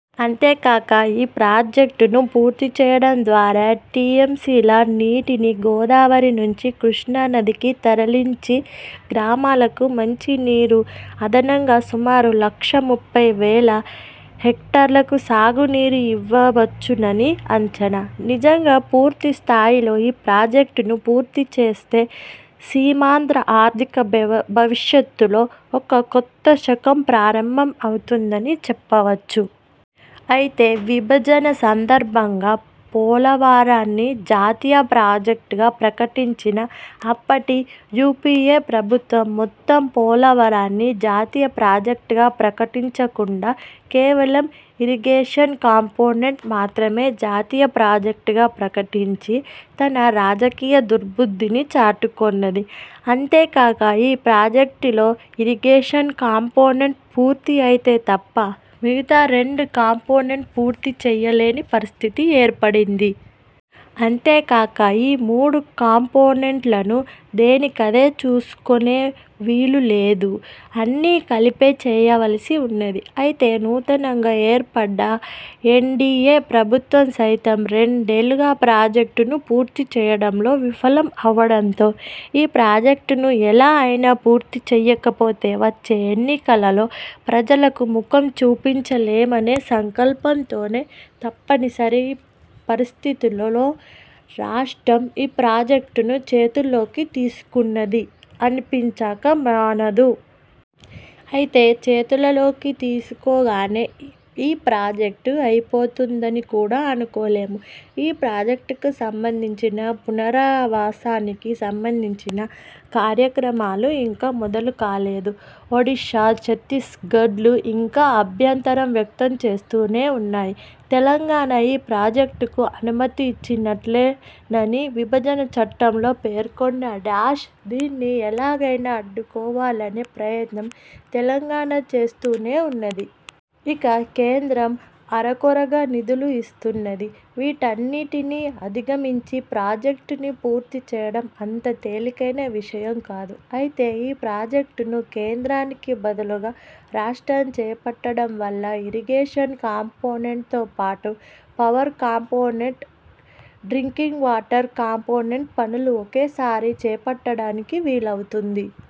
అంతే కాక ఈ ప్రాజెక్ట్ ను పూర్తి చేయడం ద్వారా టీఎంసీ ల నీటిని గోదావరి నుంచి కృష్ణా నదికి తరలించి గ్రామాలకు మంచి నీరు, అదనంగా సుమారు లక్షా ముప్పైవేల హెక్టార్లకు సాగు నీరు ఇవ్వవచ్చునని అంచనా. నిజంగా పూర్తి స్థాయిలో ఈ ప్రాజెక్ట్ ను పూర్తి చేస్తే సీమాంధ్ర ఆర్ధిక భవిష్యత్తు లో ఒక కొత్త శకం ప్రారంభం అవుతుందని చెప్పవచ్చు. అయితే విభజన సందర్భంగా పోలవరాన్ని జాతీయ ప్రాజెక్ట్ గా ప్రకటించిన అప్పటి యూపీఏ ప్రభుత్వం మొత్తం పోలవరాన్ని జాతీయ ప్రాజెక్ట్ గా ప్రకటించకుండా కేవలం ఇరిగేషన్ కంపోనెంట్ మాత్రమే జాతీయ ప్రాజెక్ట్ గా ప్రకటించి తన రాజకీయ దుర్భుద్ధిని చాటుకొన్నది. అంతే కాక ఈ ప్రాజెక్టులో ఇరిగేషన్ కంపోనెంట్ పూర్తి అయితే తప్ప, మిగతా రెండు కంపోనెంట్ పూర్తి చేయలేని పరిస్థితి ఏర్పడింది. అంతే కాక ఈ మూడు కంపోనెంట్ లను దేనికదే చేసుకొనే వీలు లేదు. అన్ని కలిపే చేయవలసి ఉన్నది. అయితే నూతనంగా ఏర్పడ్డ ఎన్డీయే ప్రభుత్వం సైతం రెండేళ్లుగా ప్రాజెక్ట్ ను పూర్తి చేయడం లో విఫలం అవ్వడంతో, ఈ ప్రాజెక్ట్ ను ఎలా అయినా పూర్తి చేయకపోతే వచ్చే ఎన్నికలలో ప్రజలకు ముఖం చూపించలేమనే సంకల్పం తోనే తప్పనిసరి పరిస్థితిలో రాష్ట్రం ఈ ప్రాజెక్ట్ ను చేతులలోకి తీసుకున్నది అనిపించక మానదు. అయితే చేతులలోకి తీసుకోగానే, ఈ ప్రాజెక్ట్ అయిపోతుందని కూడా అనుకోలేము. ఈ ప్రాజెక్ట్ కు సంబంధించి పునరావాసానికి సంబంధిచిన కార్యక్రమాలు ఇంకా మొదలు కాలేదు. ఒడిశా, ఛత్తీస్గఢ్లు ఇంకా అభ్యంతరం వ్యక్తం చేస్తూనే ఉన్నాయి. తెలంగాణ ఈ ప్రాజెక్ట్ కు అనుమతి ఇచ్చినట్లే నని, విభజన చట్టంలో పేర్కొన్నా- దీన్ని ఎలాగైనా అడ్డుకోవాలనే ప్రయత్నం తెలంగాణ చేస్తూనే ఉన్నది. ఇక కేంద్రం అరకొరగా నిధులు ఇస్తున్నది. వీటన్నిటినీ అధిగమించి ప్రాజెక్ట్ ను పూర్తి చేయడం అంత తేలికయిన విషయం కాదు. అయితే ఈ ప్రాజెక్ట్ ను కేంద్రానికి బదులు గా రాష్ట్రం చేపట్టడం వల్ల ఇరిగేషన్ కంపోనెంట్ తో పాటు, power component, drinking water component పనులు ఒకేసారి చేపట్టడానికి వీలు అవుతుంది.